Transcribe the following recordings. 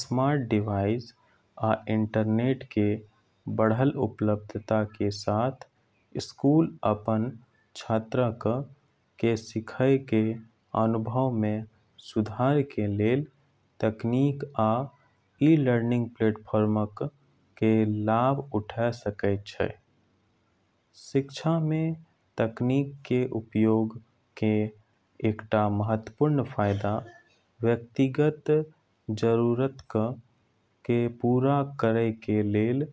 Smart device आ internet कें बढ़ल उपलब्धता कें साथ स्कूल अपन छात्रक कें सीखय कें अनुभव मे सुधार कें लेल तकनीक आ ई-लर्निंग प्लेटफॉर्मक कें लाभ उठा सकय छै। शिक्षा मे तकनीक कें उपयोग कें एकटा महत्वपूर्ण फायदा व्यक्तिगत जरूरतक कें पूरा करय कें लेल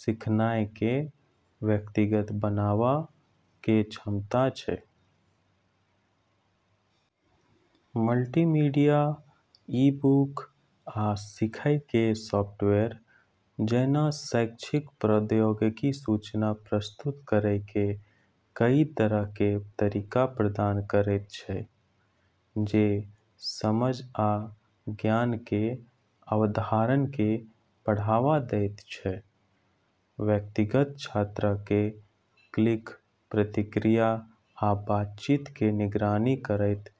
सीखनाय कें व्यक्तिगत बनावा कें क्षमता छै। मल्टीमीडिया, ई-बुक, आ सीखय कें सॉफ्टवेयर जैना शैक्षिक प्रौद्योगिकी सूचना प्रस्तुत करय कें कई तरह कें तरीका प्रदान करैत छै, जे समझ आ ज्ञान कें अवधारण कें बढ़ावा दैत छै। व्यक्तिगत छात्रक कें क्लिक, प्रतिक्रिया आ बातचीत कें निगरानी करैत,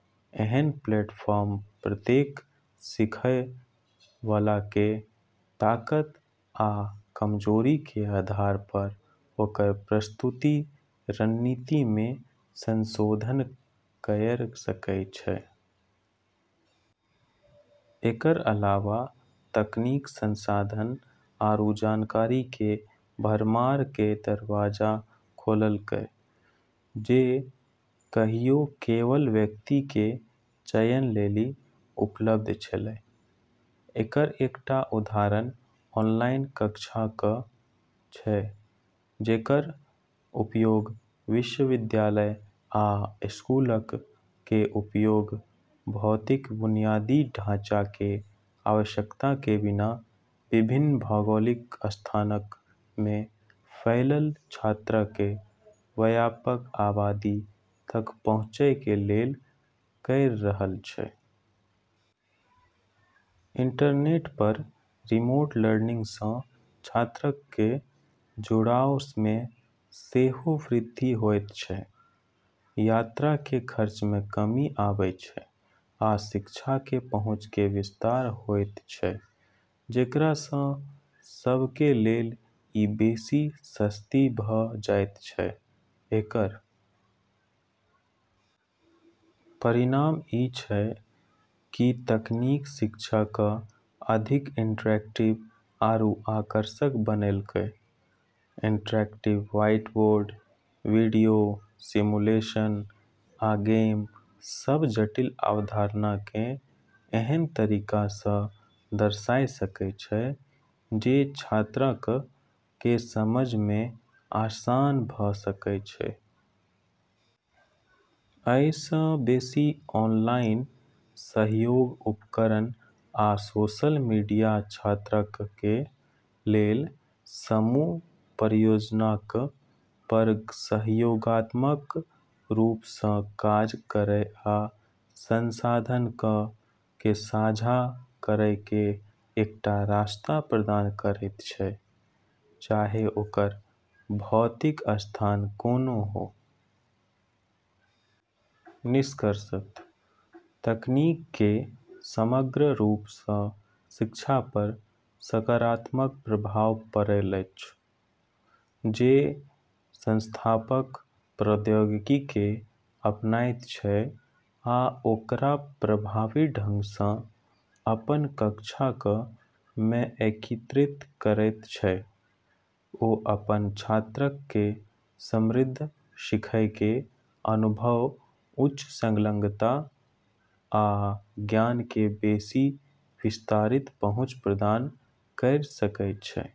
एहन प्लेटफार्म प्रत्येक सीखएय वाला कें ताकत आ कमजोरी कें आधार पर ओकर प्रस्तुति रणनीति मे संशोधन कयर सकय छै। एकर अलावा तकनीक संसाधन आरू जानकारी के भरमार के दरवाजा खोललकै जे कहियो केवल व्यक्ति के चयन लेली उपलब्ध छेलै। एकर एकटा उदाहरण ऑनलाइन कक्षाक छै, जेकर उपयोग विश्वविद्यालय आ स्कूलक कें उपयोग भौतिक बुनियादी ढाँचा कें आवश्यकता कें बिना विभिन्न भौगोलिक स्थानक मे फैलल छात्रक कें व्यापक आबादी तक पहुंचय कें लेल कयर रहल छै। इंटरनेट पर रिमोट लर्निंग सं छात्रक कें जुड़ाव मे सेहो वृद्धि होयत छै, यात्रा कें खर्च मे कमी आबै छै, आ शिक्षा कें पहुंच कें विस्तार होयत छै, जेकरा सं सब कें लेल इ बेसि सस्ती भ जायत छै। एकर परिणाम ई छै कि तकनीक शिक्षा क अधिक इंटरैक्टिव आरू आकर्षक बनैलकै। इंटरएक्टिव व्हाइटबोर्ड, वीडियो, सिमुलेशन, आ गेम, सब जटिल अवधारणा कें एहन तरीका सं दर्शा सकय छै जे छात्रक कें समझ मे आसान भ सकय छै। अइ सं बेसि, ऑनलाइन सहयोग उपकरण आ सोशल मीडिया छात्रक कें लेल समूह परियोजनाक पर सहयोगात्मक रूप सं काज करय आ संसाधनक कें साझा करय कें एकटा रास्ता प्रदान करैत छै, चाहे ओकर भौतिक स्थान कोनों हो। निष्कर्षतः तकनीक के समग्र रूप स शिक्षा पर सकारात्मक प्रभाव पड़ल अछि। जे संस्थाक प्रौद्योगिकी कें अपनायत छै आ ओकरा प्रभावी ढंग सं अपन कक्षाक मे एकीकृत करैत छै, ओ अपन छात्रक कें समृद्ध सीखय कें अनुभव, उच्च संलग्नता, आ ज्ञान कें बेसि विस्तारित पहुंच प्रदान कयर सकय छै।